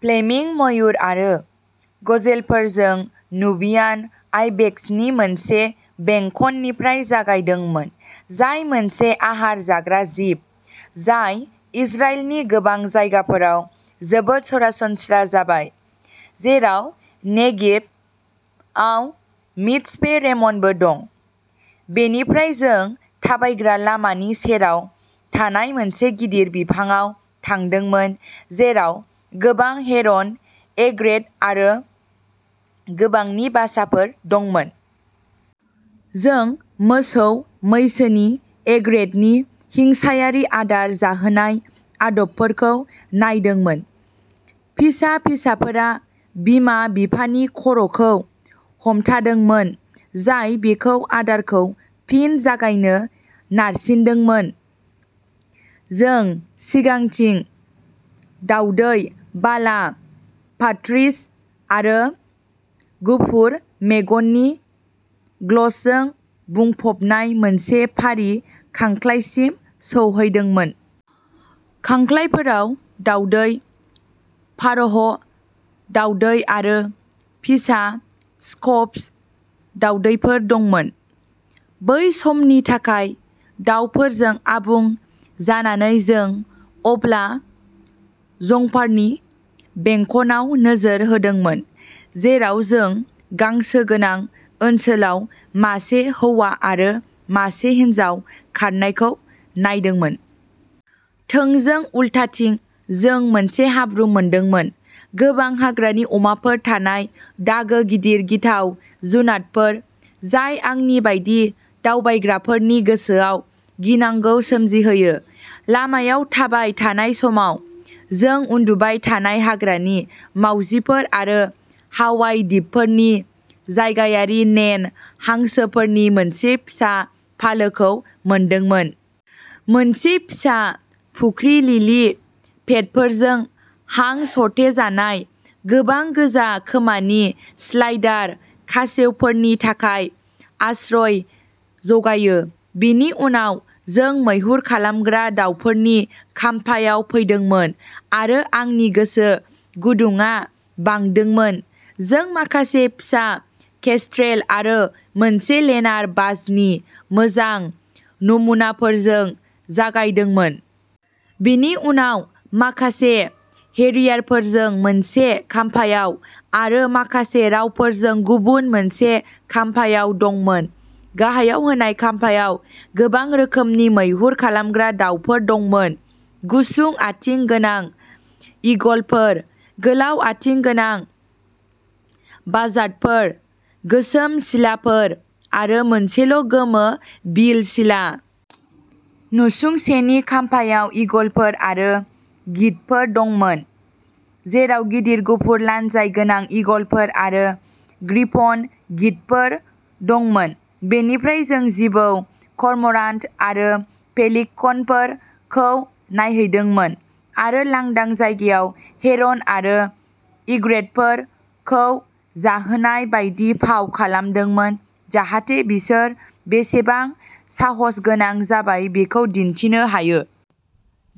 Fleming मयुर आरो गजेलफोर जों नुबियान आइबेक्सनि मोनसे बेंखननिफ्राय जागायदोंमोन, जाय मोनसे आहार जाग्रा जिब जाय इजराइलनि गोबां जायगाफोराव जोबोद सरासनस्रा जाबाय, जेराव नेगेभआव मिट्जपे रेमनबो दं। बेनिफ्राय जों थाबायग्रा लामानि सेराव थानाय मोनसे गिदिर बिफांआव थांदोंमोन जेराव गोबां हेरन एग्रेट आरो गोबांनि बासाफोर दंमोन। जों मोसौ मैसोनि एग्रेटनि हिंसायारि आदार जाहोनाय आदबफोरखौ नायदोंमोन, फिसा फिसाफोरा बिमा बिफानि खर'खौ हमथादोंमोन, जाय बेखौ आदारखौ फिन जागायनो नारसिनदोंमोन। जों सिगांथिं दावदै बाला पार्ट्रिज आरो गुफुर मेगननि गल्सजों बुंफबनाय मोनसे फारि खांख्लायसिम सौहैदोंमोन। खांख्लायफोराव दावदै, फार'ह, दावदै आरो फिसा स्कप्स दावदैफोर दंमोन। बै समनि थाखाय दावफोरजों आबुं जानानै जों अब्ला जंफारनि बेंखनआव नोजोर होदोंमोन जेराव जों गांसो गोनां ओनसोलाव मासे हौवा आरो मासे हिनजाव खारनायखौ नायदोंमोन। थोंजों उल्थाथिं जों मोनसे हाब्रु मोनदोंमोन। गोबां हाग्रानि अमाफोर थानाय दागो गिदिर गिथाव जुनारफोर जाय आंनि बायदि दावबायग्राफोरनि गोसोआव गिनांगौ सोमजिहोयो। लामायाव थाबाय थानाय समाव जों उन्दुबाय थानाय हाग्रानि मावजिफोर आरो हावाइ दिपफोरनि जायगायारि नेन हंसफोरनि मोनसे फिसा फालोखौ मोनदोंमोन। मोनसे फिसा फुख्रि, लिलि पेडफोरजों हां सरथेजानाय, गोबां गोजा खोमानि स्लाइडार खासेवफोरनि थाखाय आश्रय जगायो। बेनि उनाव जों मैहुर खालामग्रा दावफोरनि खाम्फायाव फैदोंमोन आरो आंनि गोसो गुदुंया बांदोंमोन। जों माखासे फिसा केस्ट्रेल आरो मोनसे लेनार बाजनि मोजां नमुनाफोरजों जागायदोंमोन। बेनि उनाव, माखासे हेरियारफोरजों मोनसे खाम्फायाव आरो माखासे रावफोरजों गुबुन मोनसे खाम्फायाव दंमोन। गाहायाव होनाय खाम्फायाव गोबां रोखोमनि मैहुर खालामग्रा दावफोर दंमोन गुसुं आथिं गोनां ईगलफोर, गोलाव आथिं गोनां बाजार्डफोर, गोसोम सिलाफोर आरो मोनसेल'गोमो बिल सिला। नसुंसेनि खाम्फायाव ईगलफोर आरो गिद्धफोर दंमोन जेराव गिदिर गुफुर लानजाय गोनां ईगलफोर आरो ग्रिफन गिद्धफोर दंमोन। बेनिफ्राय जों जिबौ करमरान्ट आरो पेलिकनफोरखौ नायहैदोंमोन आरो लांदां जायगायाव हेरन आरो इग्रेतफोरखौ जाहोनाय बायदि फाव खालामदोंमोन, जाहाथे बिसोर बेसेबां साहसगोनां जाबाय बेखौ दिन्थिनो हायो।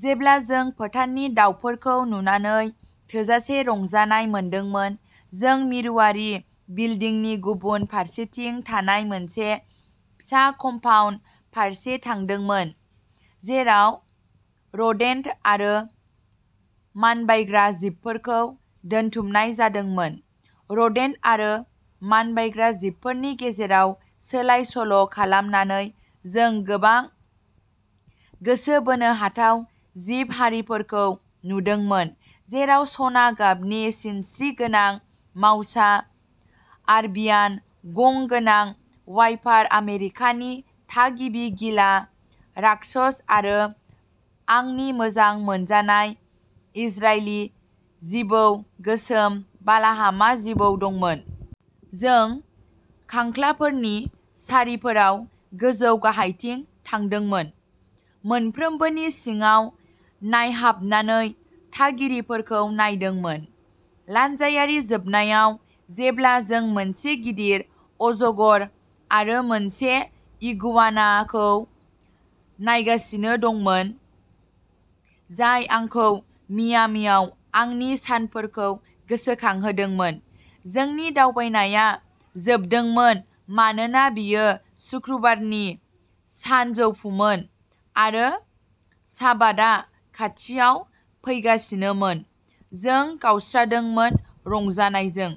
जेब्ला जों फोथारनि दावफोरखौ नुनानै थोजासे रंजानाय मोनदोंमोन जों मिरुआरि बिल्दिंनि गुबुन फारसेथिं थानाय मोनसे फिसा कम्पाउन्ड फारसे थांदोंमोन जेराव रोदेन्ट आरो मानबायग्रा जिबफोरखौ दोनथुमनाय जादोंमोन। रोदेन्ट आरो मानबायग्रा जिबफोरनि गेजेराव सोलाय सोल'खालामनानै जों गोबां गोसो बोनो हाथाव जिब हारिफोरखौ नुदोंमोन जेराव सना गाबनि सिनस्रि गोनां माउसा आरबियान गं गोनां वाइपार आमेरिकानि थागिबि गिला राक्षस आरो आंनि मोजां मोनजानाय इजरायली जिबौ, गोसोम बालाहामा जिबौ दंमोन। जों खांख्लाफोरनि सारिफोराव गोजौ-गाहायथिं थांदोंमोन मोनफ्रोमबोनि सिङाव नायहाबनानै थागिरिफोरखौ नायदोंमोन। लानजायारि जोबनायाव जेब्ला जों मोनसे गिदिर अजगर आरो मोनसे इगुआनाखौ नायगासिनो दंमोन जाय आंखौ मियामीआव आंनि सानफोरखौ गोसोखांहोदोंमोन। जोंनि दावबायनाया जोबदोंमोन मानोना बेयो सुक्रुबारनि सानजौफुमोन आरो शाबातआ खाथियाव फैगासिनोमोन। जों गावस्रादोंमोन रंजानायजों